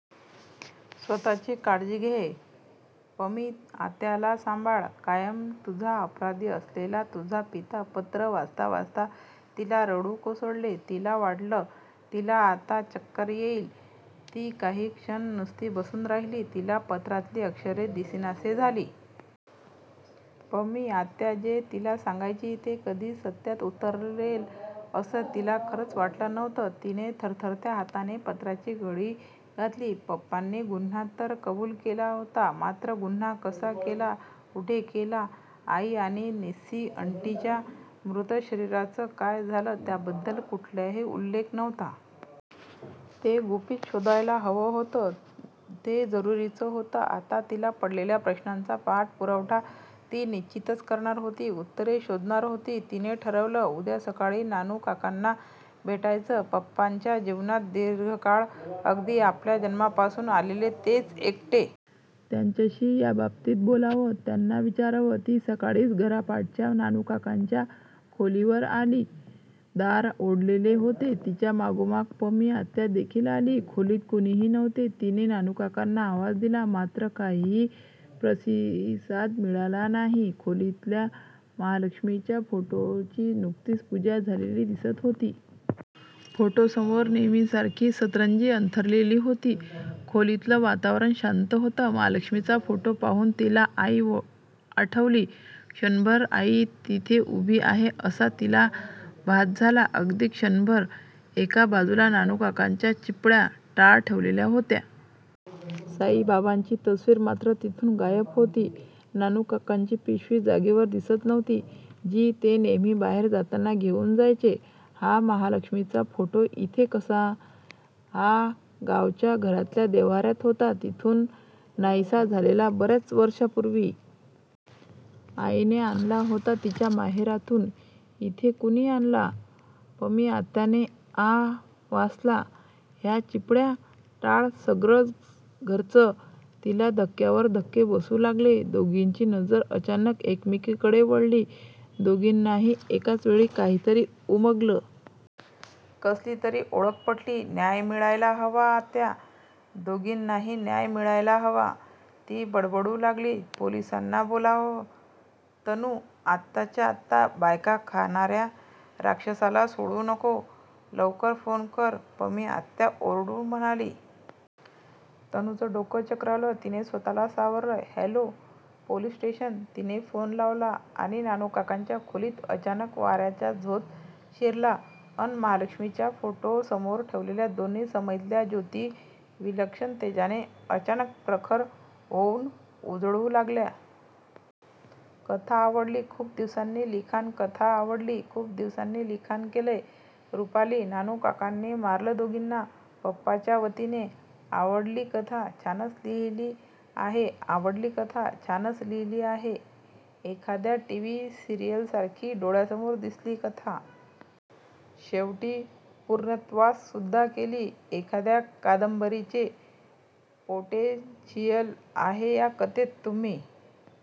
स्वतःची काळजी घे.. पमी आत्याला सांभाळ..!! कायम तुझा अपराधी असलेला तुझा पिता पत्र वाचता वाचता तिला रडू कोसळले. तिला वाटलं, तिला आता चक्कर येईल. ती काही क्षण नुसती बसून राहिली. तिला पत्रातली अक्षरे दिसेनाशी झाली. पमी आत्या जे तिला सांगायची ते कधी सत्यात उतरेल असं तिला खरंच वाटलं नव्हतं. तिने थरथरत्या हाताने पत्राची घडी घातली. पप्पांनी गुन्हा तर कबूल केला होता मात्र गुन्हा कसा केला, कुठे केला.. आई आणि निस्सी आंटीच्या मृत शरीराचं काय झालं त्याबदद्ल कुठलाही उल्लेख नव्हता. ते गुपित शोधायला हवं होतं. ते जरुरीचं होतं. आता तिला पडलेल्या प्रश्नांचा पाठपुरावा ती निश्चितच करणार होती. उत्तरे शोधणार होती. तिने ठरवलं, उद्या सकाळी नानूकाकांना भेटायचं. पप्पांच्या जीवनात दीर्घकाळ अगदी आपल्या जन्मापासून आलेले तेच एकटे.. त्यांच्याशी याबाबतीत बोलावं.. त्यांना विचारावं..! ती सकाळीच घरापाठच्या नानूकाकांच्या खोलीवर आली. दार ओढलेले होते. तिच्या मागोमाग पमी आत्या देखील आली. खोलीत कुणीही नव्हते. तिने नानूकाकांना आवाज दिला मात्र काहीही प्रतिसाद मिळाला नाही. खोलीतल्या महालक्ष्मीच्या फोटोची नुकतीच पूजा झालेली दिसत होती. फोटोसमोर नेहमीसारखी सतरंजी अंथरलेली होती. खोलीतलं वातावरण शांत होतं. महालक्ष्मीचा फोटो पाहून तिला आई आठवली. क्षणभर आई तिथे उभी आहे असा तिला भास झाला. अगदी क्षणभर..! एक बाजूला नानूकाकांच्या चिपळ्या, टाळ ठेवलेल्या होत्या. साईबाबांची तस्वीर मात्र तिथून गायब होती. नानूकाकांची पिशवी जागेवर दिसत नव्हती जी ते नेहमी बाहेर जाताना घेऊन जायचे. " हा महालक्ष्मीचा फोटो इथे कसा..? हा गावच्या घरातल्या देव्हाऱ्यात होता. तिथून नाहिसा झालेला बऱ्याच वर्षापूर्वी.. आईने आणला होता तिच्या माहेरातून. इथे कुणी आणला..? " पमी आत्याने 'आ' वासला. " ह्या चिपळ्या, टाळ सगळंच घरचं..! " तिला धक्क्यावर धक्के बसू लागले. दोघींची नजर अचानक एकमेकींकडे वळली. दोघींनाही एकाच वेळी काहीतरी उमगलं. कसली तरी ओळख पटली. " न्याय मिळायला हवा आत्या, दोघींनाही न्याय मिळायला हवा..! " ती बडबडू लागली. " पोलिसांना बोलावं तनू... आत्ताच्या आत्ता... बायका खाणाऱ्या राक्षसाला सोडू नको.. लवकर फोन कर..! " पमी आत्या ओरडून म्हणाली. तनूचं डोकं चक्रावलं. तिने स्वतःला सावरलं. " हॅलो, पोलिस स्टेशन..! " तिने फोन लावला आणि नानूकाकांच्या खोलीत अचानक वाऱ्याचा झोत शिरला अन् महालक्ष्मीच्या फोटो समोर ठेवलेल्या दोन्ही समईतल्या ज्योती विलक्षण तेजाने अचानक प्रखर होऊन उजळू लागल्या. कथा आवडली. खूप दिवसांनी लिखाण कथा आवडली. खूप दिवसांनी लिखाण केलंस रुपाली. नानू काकांनी मारलं दोघींना? पपा च्या वतीने? आवडली कथा. छानच लिहिली आहे. आवडली कथा. छानच लिहिली आहे. एखाद्या टीव्ही सिरीयलसारखी डोळ्यासमोर दिसली कथा. शेवटी पूर्णत्वास सुद्धा गेली. एखाद्या कादंबरीचे पोटेन्शियल आहे या कथेत. तुम्ही